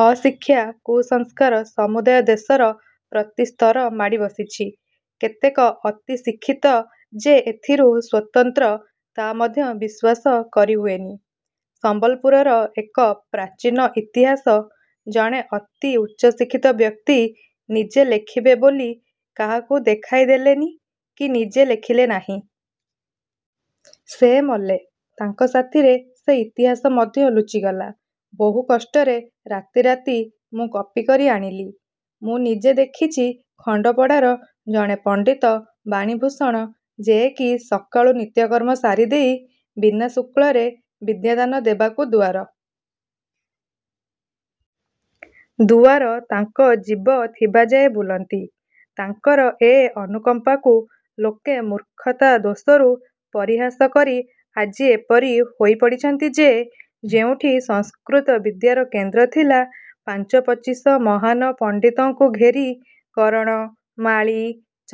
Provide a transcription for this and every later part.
ଅଶିକ୍ଷା, କୁସଂସ୍କାର ସମୁଦାୟ ଦେଶର ପ୍ରତି ସ୍ତର ମାଡ଼ିବସିଛି। କେତେକ ଅତି ଶିକ୍ଷିତ ଯେ ଏଥିରୁ ସ୍ୱତନ୍ତ୍ର, ତା ମଧ୍ୟ ବିଶ୍ୱାସ କରି ହୁଏନି। ସମ୍ବଲପୁରର ଏକ ପ୍ରାଚୀନ ଇତିହାସ ଜଣେ ଅତି ଉଚ୍ଚଶିକ୍ଷିତ ବ୍ୟକ୍ତି ନିଜେ ଲେଖିବେ ବୋଲି କାହାକୁ ଦେଖାଇ ଦେଲେନି କି ନିଜେ ଲେଖିଲେ ନାହିଁ-। ସେ ମଲେ, ତାଙ୍କ ସାଥିରେ ସେ ଇତିହାସ ମଧ୍ୟ ଲୁଚିଗଲା। ବହୁକଷ୍ଟରେ ରାତି ରାତି ମୁଁ କପି କରି ଆଣିଲି। ମୁଁ ନିଜେ ଦେଖିଛି ଖଣ୍ଡପଡ଼ାର ଜଣେ ପଣ୍ଡିତ ବାଣୀଭୂଷଣ ଯେ କି ସକାଳୁ ନିତ୍ୟକର୍ମ ସାରିଦେଇ ବିନା ଶୁଳ୍କରେ ବିଦ୍ୟା ଦାନ ଦେବାକୁ ଦୁଆର ଦୁଆର ତାଙ୍କ ଜୀବ ଥିବାଯାଏ ବୁଲନ୍ତି, ତାଙ୍କର ଏ ଅନୁକମ୍ପାକୁ ଲୋକେ ମୂର୍ଖତା ଦୋଷରୁ ପରିହାସ କରି ଆଜି ଏପରି ହୋଇ ପଡ଼ିଛନ୍ତି ଯେ, ଯେଉଁଠି ସଂସ୍କୃତ ବିଦ୍ୟାର କେନ୍ଦ୍ର ଥିଲା, ପାଞ୍ଚ ପଚିଶ ମହାନ ପଣ୍ଡିତଙ୍କୁ ଘେରି କରଣ, ମାଳୀ,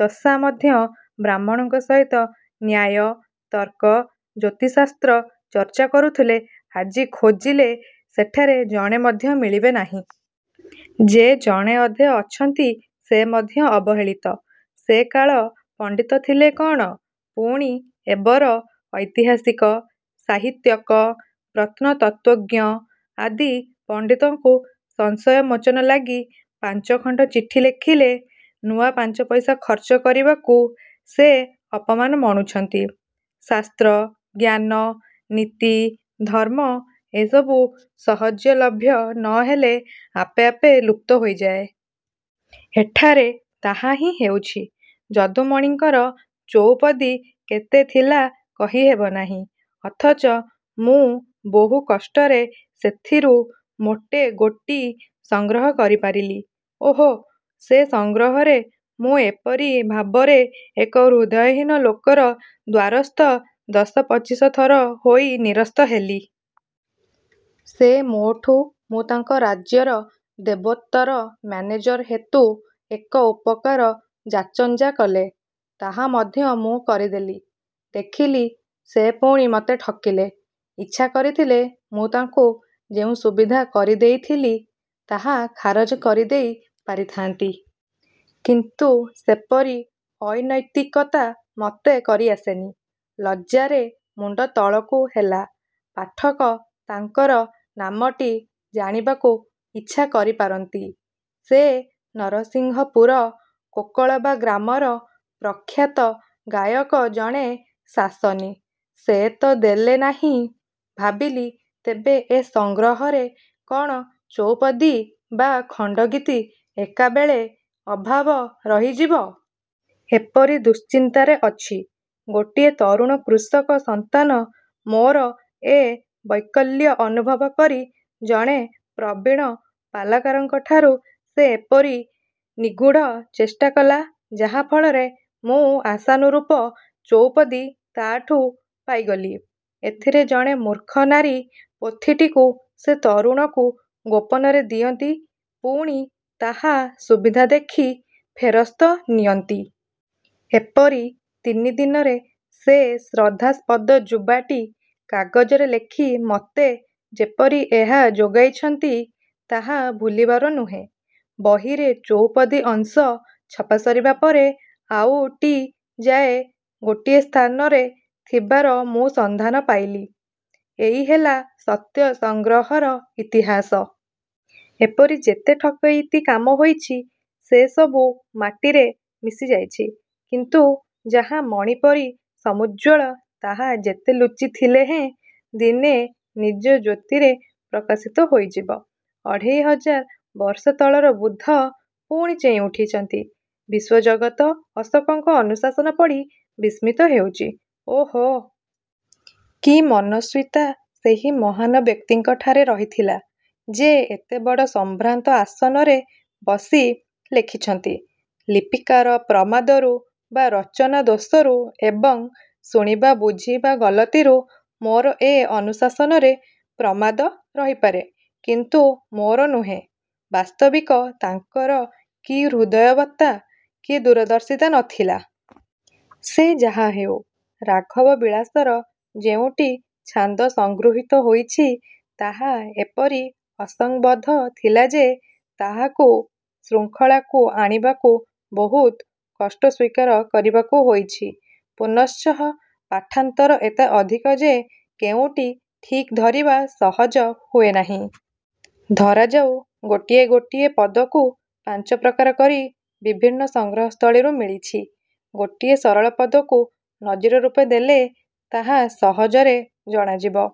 ଚଷା ମଧ୍ୟ ବ୍ରାହ୍ମଣଙ୍କ ସହିତ ନ୍ୟାୟ, ତର୍କ, ଜ୍ୟୋତିଃଶାସ୍ତ୍ର ଚର୍ଚ୍ଚା କରୁଥିଲେ, ଆଜି ଖୋଜିଲେ ସେଠାରେ ଜଣେ ମଧ୍ୟ ମିଳିବେ ନାହିଁ। ଯେ ଜଣେ ଅଧେ ଅଛନ୍ତି ସେ ମଧ୍ୟ ଅବହେଳିତ। ସେ କାଳ ପଣ୍ଡିତ ଥିଲେ କ'ଣ? ପୁଣି ଏବର ଐତିହାସିକ, ସାହିତ୍ୟକ, ପ୍ରତ୍ନତତ୍ତ୍ୱଜ୍ଞ, ଆଦି ପଣ୍ଡିତଙ୍କୁ ସଂଶୟ ମୋଚନ ଲାଗି ପାଞ୍ଚଖଣ୍ଡ ଚିଠି ଲେଖିଲେ, ନୂଆ ପାଞ୍ଚପଇସା ଖର୍ଚ୍ଚ କରିବାକୁ ସେ ଅପମାନ ମଣୁଛନ୍ତି। ଶାସ୍ତ୍ର, ଜ୍ଞାନ, ନୀତି, ଧର୍ମ ଏସବୁ ସହଜଲଭ୍ୟ ନ ହେଲେ ଆପେ ଆପେ ଲୁପ୍ତ ହୋଇଯାଏ। ଏଠାରେ ତାହା ହିଁ ହେଉଛି। ଯଦୁମଣିଙ୍କର ଚଉପଦୀ କେତେ ଥିଲା କହିହେବ ନାହିଁ। ଅଥଚ ମୁଁ ବହୁ କଷ୍ଟରେ ସେଥିରୁ ମୋଟେ ଗୋଟି ସଂଗ୍ରହ କରିପାରିଲି। ଓହୋ! ସେ ସଂଗ୍ରହରେ ମୁଁ ଏପରି ଭାବରେ ଏକ ହୃଦୟହୀନ ଲୋକର ଦ୍ୱାରସ୍ଥ ଦଶ ପଚିଶ ଥର ହୋଇ ନିରସ୍ତ ହେଲି। ସେ ମୋଠୁ ମୁଁ ତାଙ୍କ ରାଜ୍ୟର ଦେବୋତ୍ତର ମାନେଜର ହେତୁ ଏକ ଉପକାର ଯାଚଞ୍ଜା କଲେ। ତାହା ମଧ୍ୟ ମୁଁ କରିଦେଲି-। ଦେଖିଲି ସେ ପୁଣି ମତେ ଠକିଲେ। ଇଚ୍ଛା କରିଥିଲେ ମୁଁ ତାଙ୍କୁ ଯେଉଁ ସୁବିଧା କରି ଦେଇଥିଲି, ତାହା ଖାରଜ କରିଦେଇ ପାରିଥାନ୍ତି। କିନ୍ତୁ ସେପରି ଅନୈତିକତା ମତେ କରି ଆସେନି-। ଲଜ୍ଜାରେ ମୁଣ୍ଡ ତଳକୁ ହେଲା। ପାଠକ ତାଙ୍କର ନାମଟି ଜାଣିବାକୁ ଇଚ୍ଛା କରି ପାରନ୍ତି। ସେ ନରସିଂହପୁର କୋକଳବା ଗ୍ରାମର ପ୍ରଖ୍ୟାତ ଗାୟକ ଜଣେ ଶାସନୀ। ସେ ତ ଦେଲେ ନାହିଁ, ଭାବିଲି ତେବେ ଏ ସଂଗ୍ରହରେ କ'ଣ ଚଉପଦୀ ବା ଖଣ୍ଡଗୀତି ଏକାବେଳେ ଅଭାବ ରହିଯିବ? ଏପରି ଦୁଶ୍ଚିନ୍ତାରେ ଅଛି, ଗୋଟିଏ ତରୁଣ କୃଷକ ସନ୍ତାନ ମୋର ଏ ବୈକଲ୍ୟ ଅନୁଭବ କରି ଜଣେ ପ୍ରବୀଣ ପାଲାକାରଙ୍କଠାରୁ ସେ ଏପରି ନିଗୂଢ଼ ଚେଷ୍ଟାକଲା, ଯାହା ଫଳରେ ମୁଁ ଆଶାନୁରୂପ ଚଉପଦୀ ତାହାଠୁ ପାଇଗଲି। ଏଥିରେ ଜଣେ ମୂର୍ଖ ନାରୀ ପୋଥିଟିକୁ ସେ ତରୁଣକୁ ଗୋପନରେ ଦିଅନ୍ତି, ପୁଣି ତାହା ସୁବିଧା ଦେଖି ଫେରସ୍ତ ନିଅନ୍ତି। ଏପରି ତିନି ଦିନରେ ସେ ଶ୍ରଦ୍ଧାସ୍ପଦ ଯୁବାଟି କାଗଜରେ ଲେଖି ମତେ ଯେପରି ଏହା ଯୋଗାଇଛନ୍ତି, ତାହା ଭୁଲିବାର ନୁହେଁ। ବହିରେ ଚୌପଦୀ ଅଂଶ ଛପା ସରିବା ପରେ ଆଉ ଟି ଯାଏ ଗୋଟିଏ ସ୍ଥାନରେ ଥିବାର ମୁଁ ସନ୍ଧାନ ପାଇଲି। ଏଇ ହେଲା ସତ୍ୟ ସଂଗ୍ରହର ଇତିହାସ। ଏପରି ଯେତେ ଠକେଇତି କାମ ହୋଇଛି, ସେସବୁ ମାଟିରେ ମିଶିଯାଇଛି। କିନ୍ତୁ ଯାହା ମଣି ପରି ସମୂଜ୍ଜ୍ୱଳ ତାହା ଯେତେ ଲୁଚିଥିଲେହେଁ ଦିନେ ନିଜ ଜ୍ୟୋତିରେ ପ୍ରକାଶିତ ହୋଇଯିବ। ଅଢ଼େଇ ହଜାର ବର୍ଷ ତଳର ବୁଦ୍ଧ ପୁଣି ଚେଇଁ ଉଠିଛନ୍ତି। ବିଶ୍ୱଜଗତ ଅଶୋକଙ୍କ ଅନୁଶାସନ ପଢ଼ି ବିସ୍ମିତ ହେଉଛି - ଓହୋ! କି ମନସ୍ୱିତା ସେହି ମହାନ ବ୍ୟକ୍ତିଙ୍କଠାରେ ରହିଥିଲା। ଯେ ଏତେବଡ଼ ସଂଭ୍ରାନ୍ତ ଆସନରେ ବସି ଲେଖିଛନ୍ତି - ଲିପିକାର ପ୍ରମାଦରୁ ବା ରଚନା ଦୋଷରୁ ଏବଂ ଶୁଣିବା ବୁଝିବା ଗଲତିରୁ ମୋର ଏ ଅନୁଶାସନରେ ପ୍ରମାଦ ରହିପାରେ କିନ୍ତୁ ମୋର ନୁହେଁ। ବାସ୍ତବିକ ତାଙ୍କର କି ହୃଦୟବତ୍ତା, କି ଦୁରଦର୍ଶିତା ନ ଥିଲା। ସେ ଯାହାହେଉ - ରାଘବ ବିଳାସର ଯେଉଁ ଟି ଛାନ୍ଦ ସଂଗୃହୀତ ହୋଇଛି ତାହା ଏପରି ଅସଂବଦ୍ଧ ଥିଲା ଯେ ତାହାକୁ ଶୃଙ୍ଖଳାକୁ ଆଣିବାକୁ ବହୁତ କଷ୍ଟ ସ୍ୱୀକାର କରିବାକୁ ହୋଇଛି-। ପୁନଶ୍ଚ ପାଠାନ୍ତର ଏତେ ଅଧିକ ଯେ କେଉଁଟି ଠିକ ଧରିବା ସହଜ ହୁଏ ନାହିଁ। ଧରାଯାଉ ଗୋଟିଏ ଗୋଟିଏ ପଦକୁ ପାଞ୍ଚ ପ୍ରକାର କରି ବିଭିନ୍ନ ସଂଗ୍ରହସ୍ଥଳୀରୁ ମିଳିଛି। ଗୋଟିଏ ସରଳ ପଦକୁ ନଜିରରୂପେ ଦେଲେ ତାହା ସହଜରେ ଜଣାଯିବ।